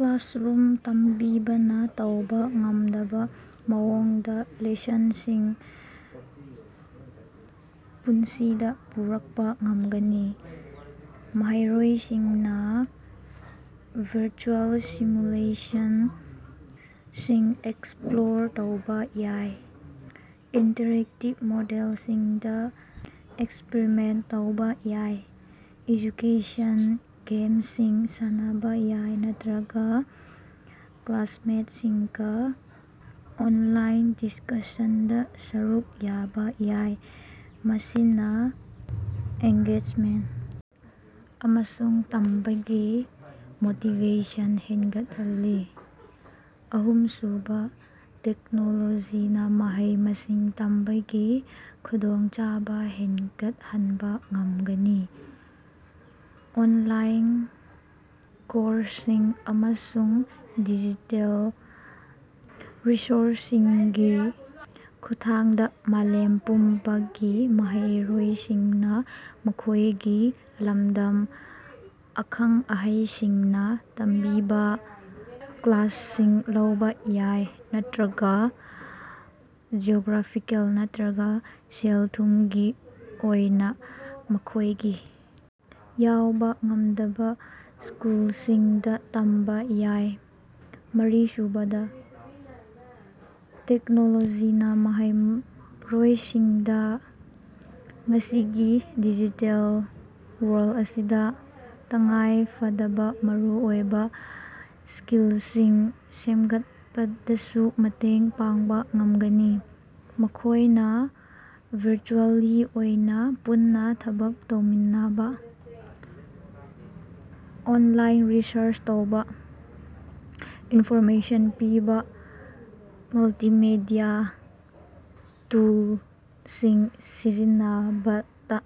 Classroom ꯇꯝꯕꯤꯕꯅꯥ ꯇꯧꯕꯥ ꯉꯝꯗꯕꯥ ꯃꯑꯣꯡꯗꯥ ꯂꯦꯁꯟꯁꯤꯡ ꯄꯨꯟꯁꯤꯗꯥ ꯄꯨꯔꯛꯄꯥ ꯉꯝꯒꯅꯤ꯫ ꯃꯍꯩꯔꯣꯏꯁꯤꯡꯅꯥ ꯚꯔꯆꯨꯑꯦꯜ ꯁꯤꯃꯨꯂꯦꯁꯟꯁꯤꯡ ꯑꯦꯛꯁꯄ꯭ꯂꯣꯔ ꯇꯧꯕꯥ ꯌꯥꯏ, ꯏꯟꯇꯔꯦꯛꯇꯤꯕ ꯃꯣꯗꯦꯜꯁꯤꯡꯗꯥ ꯑꯦꯛꯁꯄꯔꯤꯃꯦꯟꯇ ꯇꯧꯕꯥ ꯌꯥꯏ, ꯑꯦꯖꯨꯀꯦꯁꯟ ꯒꯦꯝꯁꯤꯡ ꯁꯥꯟꯅꯕꯥ ꯌꯥꯏ ꯅꯠꯇ꯭ꯔꯒꯥ ꯀ꯭ꯂꯥꯁꯃꯦꯠꯁꯤꯡꯒꯥ ꯑꯣꯟꯂꯥꯏꯟ ꯗꯤꯁꯀꯁꯁꯟꯗꯥ ꯁꯔꯨꯛ ꯌꯥꯕꯥ ꯌꯥꯏ, ꯃꯁꯤꯅꯥ ꯑꯦꯡꯒꯦꯖꯃꯦꯟꯇ ꯑꯃꯁꯨꯡ ꯇꯝꯕꯒꯤ ꯃꯣꯇꯤꯕꯦꯁꯟ ꯍꯦꯟꯒꯠꯍꯜꯂꯤ꯫ ꯑꯍꯨꯝꯁꯨꯕꯥ, ꯇꯦꯛꯅꯣꯂꯣꯖꯤꯅꯥ ꯃꯍꯩ-ꯃꯁꯤꯡ ꯇꯝꯕꯒꯤ ꯈꯨꯗꯣꯡꯆꯥꯕꯥ ꯍꯦꯟꯒꯠꯍꯟꯕꯥ ꯉꯝꯒꯅꯤ꯫ ꯑꯣꯟꯂꯥꯏꯟ ꯀꯣꯔꯁꯁꯤꯡ ꯑꯃꯁꯨꯡ ꯗꯤꯖꯤꯇꯦꯜ ꯔꯤꯁꯣꯔꯁꯁꯤꯡꯒꯤ ꯈꯨꯠꯊꯥꯡꯗꯥ ꯃꯥꯂꯦꯝ ꯄꯨꯝꯕꯒꯤ ꯃꯍꯩꯔꯣꯏꯁꯤꯡꯅꯥ ꯃꯈꯣꯏꯒꯤ ꯂꯝꯗꯝ ꯑꯈꯪ-ꯑꯍꯩꯁꯤꯡꯅꯥ ꯇꯝꯕꯤꯕꯥ ꯀ꯭ꯂꯥꯁꯁꯤꯡ ꯂꯧꯕꯥ ꯌꯥꯏ ꯅꯠꯇ꯭ꯔꯒꯥ ꯖꯤꯑꯣꯒ꯭ꯔꯥꯐꯤꯀꯦꯜ ꯅꯠꯇ꯭ꯔꯒꯥ ꯁꯦꯜ-ꯊꯨꯝꯒꯤ ꯑꯣꯏꯅꯥ ꯃꯈꯣꯏꯒꯤ ꯌꯥꯎꯕꯥ ꯉꯝꯗꯕꯥ ꯁ꯭ꯀꯨꯜꯁꯤꯡꯗꯥ ꯇꯝꯕꯥ ꯌꯥꯏ꯫ ꯃꯔꯤꯁꯨꯕꯗꯥ, ꯇꯦꯛꯅꯣꯂꯣꯖꯤꯅꯥ ꯃꯍꯩꯝ ꯔꯣꯏꯁꯤꯡꯗꯥ ꯉꯁꯤꯒꯤ ꯗꯤꯖꯤꯇꯦꯜ ꯋꯥ꯭ꯔꯜ ꯑꯁꯤꯗꯥ ꯇꯉꯥꯏꯐꯗꯕꯥ ꯃꯔꯨꯑꯣꯏꯕꯥ ꯁ꯭ꯀꯤ‌ꯜꯁꯤꯡ ꯁꯦꯝꯒꯠꯄꯗꯁꯨ ꯃꯇꯦꯡ ꯄꯥꯡꯕꯥ ꯉꯝꯒꯅꯤ꯫ ꯃꯈꯣꯏꯅ ꯚꯔꯆꯨꯑꯦꯜꯂꯤ ꯑꯣꯏꯅꯥ ꯄꯨꯟꯅꯥ ꯊꯕꯛ ꯇꯧꯃꯤꯟꯅꯕꯥ, ꯑꯣꯟꯂꯥꯏꯟ ꯔꯤꯁꯔꯁ ꯇꯧꯕꯥ, ꯏꯟꯐꯣꯔꯃꯦꯁꯟ ꯄꯤꯕꯥ ꯃꯜꯇꯤꯃꯦꯗꯤꯌꯥ ꯇꯨꯜꯁꯤꯡ ꯁꯤꯖꯤꯟꯅꯕꯇꯥ